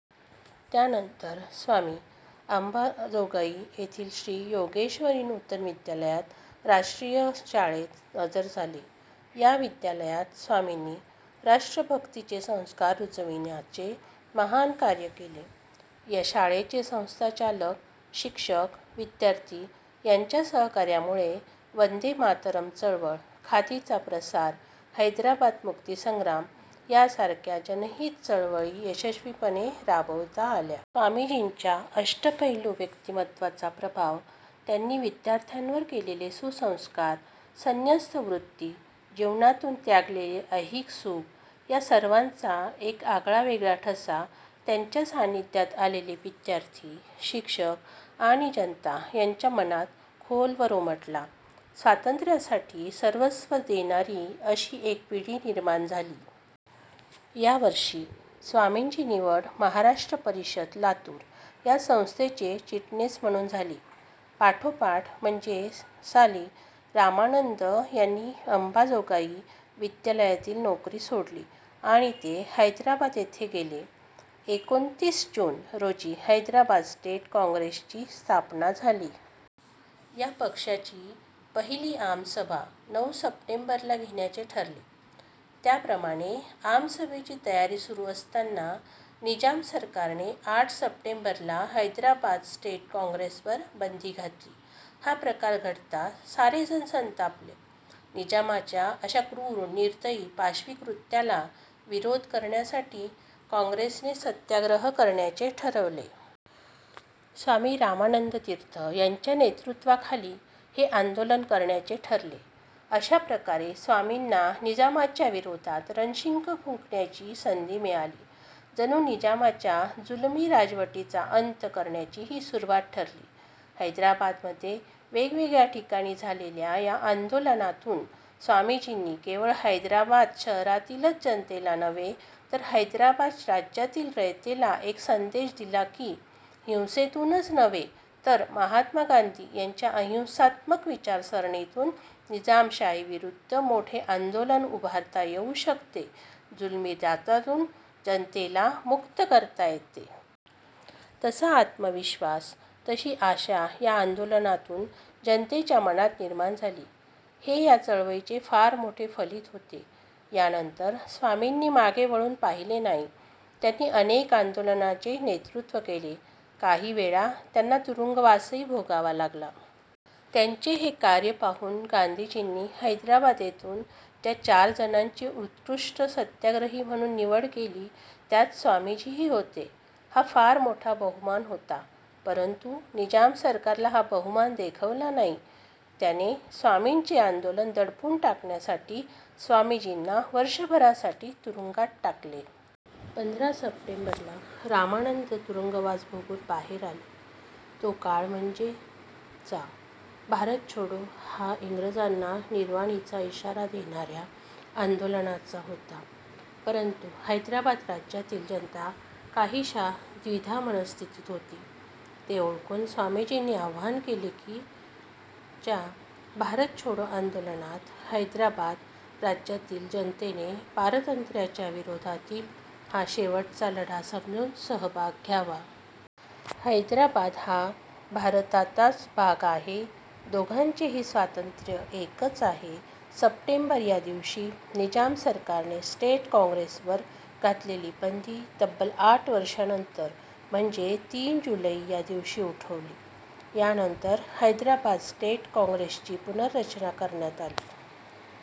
त्यानंतर स्वामी अंबाजोगाई येथील श्री योगेश्वरी नूतन विद्यालयात राष्ट्रीय शाळेत हजर झाले. या विद्यालयात स्वामींनी राष्ट्रभक्तीचे संस्कार रुजविण्याचे महान कार्य केले. या शाळेचे संस्थाचालक, शिक्षक, विद्यार्थी यांच्या सहकार्यामुळे वंदे मातरम् चळवळ, खादीचा प्रसार, हैदराबाद मुक्तीसंग्राम यासारख्या जनहित चळवळी यशस्वीपणे राबविता आल्या. स्वामीजींच्या अष्टपैलू व्यक्तिमत्त्वाचा प्रभाव, त्यांनी विद्यार्थ्यांवर केलेले सुसंस्कार, संन्यस्तवृत्ती, जीवनातून त्यागलेले ऐहिक सुख या सर्वांचा एक आगळावेगळा ठसा त्यांच्या सान्निध्यात आलेले विद्यार्थी, शिक्षक आणि जनता यांच्या मनात खोलवर उमटला. स्वातंत्र्यासाठी सर्वस्व देणारी अशी एक पिढी निर्माण झाली. यावर्षी स्वामींची निवड महाराष्ट्र परिषद, लातूर या संस्थेचे चिटणीस म्हणून झाली. पाठोपाठ म्हणजे साली रामानंद यांनी अंबाजोगाई विद्यालयातील नोकरी सोडली आणि ते हैदराबाद येथे गेले. एकोणतीस जून रोजी हैदराबाद स्टेट काँग्रेसची स्थापना झाली. या पक्षाची पहिली आमसभा नऊ सप्टेंबरला घेण्याचे ठरले. त्याप्रमाणे आमसभेची तयारी सुरू असताना निजाम सरकारने आठ सप्टेंबरला हैदराबाद स्टेट काँग्रेसवर बंदी घातली. हा प्रकार घडता सारे जण संतापले. निजामाच्या अशा क्रूर, निर्दयी, पाशवी कृत्याला विरोध करण्यासाठी काँग्रेसने सत्याग्रह करण्याचे ठरवले. स्वामी रामानंद तीर्थ यांच्या नेतृत्वाखाली हे आंदोलन करण्याचे ठरले, अशाप्रकारे स्वामींना निजामाच्या विरोधात रणशिंग फुंकण्याची संधी मिळाली. जणू निजामाच्या जुलमी राजवटीचा अंत करण्याची ही सुरुवात ठरली. हैदराबाद मध्ये वेगवेगळ्या ठिकाणी झालेल्या या आंदोलनातून स्वामीजींनी केवळ हैदराबाद शहरातीलच जनतेला नव्हे तर हैदराबाद राज्यातील रयतेला एक संदेश दिला की, हिंसेतूनच नव्हे, तर महात्मा गांधी यांच्या अहिंसात्मक विचार सरणीतून निजामशाही विरुद्ध मोठे आंदोलन उभारता येऊ शकते. जुलमी जाचातून जनतेला मुक्त करता येते. तसा आत्मविश्वास, तशी आशा या आंदोलनातून जनतेच्या मनात निर्माण झाली, हे या चळवळीचे फार मोठे फलित होते. यानंतर स्वामींनी मागे वळून पाहिले नाही. त्यांनी अनेक आंदोलनाचे नेतृत्व केले. काही वेळा त्यांना तुरुंगवासही भोगावा लागला. त्यांचे हे कार्य पाहून गांधीजींनी हैदराबाद येथून त्या चार जणांची उत्कृष्ट सत्याग्रही म्हणून निवड केली, त्यात स्वामीजीही होते. हा फार मोठा बहुमान होता, परंतु निजाम सरकारला हा बहुमान देखवला नाही. त्याने स्वामींचे आंदोलन दडपून टाकण्यासाठी स्वामीजींना वर्षभरासाठी तुरुंगात टाकले. पंधरा सप्टेंबरला रामानंद तुरुंगवास भोगून बाहेर आले. तो काळ म्हणजे चा भारत छोडो हा इंग्रजांना निर्वाणीचा इशारा देणाऱ्या आंदोलनाचा होता, परंतु हैदराबाद राज्यातील जनता काहीशी द्विधा मनःस्थितीत होती. ते ओळखून स्वामीजींनी आवाहन केले की, च्या भारत छोडो आंदोलनात हैदराबाद राज्यातील जनतेने पारतंत्र्याच्या विरोधातील हा शेवटचा लढा समजून सहभाग घ्यावा. हैदराबाद हा भारताताच भाग आहे. दोघांचेही स्वातंत्र्य एकच आहे. सप्टेंबर या दिवशी निजाम सरकारने स्टेट काँग्रेसवर घातलेली बंदी तब्बल आठ वर्षांनंतर म्हणजे तीन जुलै या दिवशी उठवली. यानंतर हैदराबाद स्टेट काँग्रेसची पुनर्रचना करण्यात आली.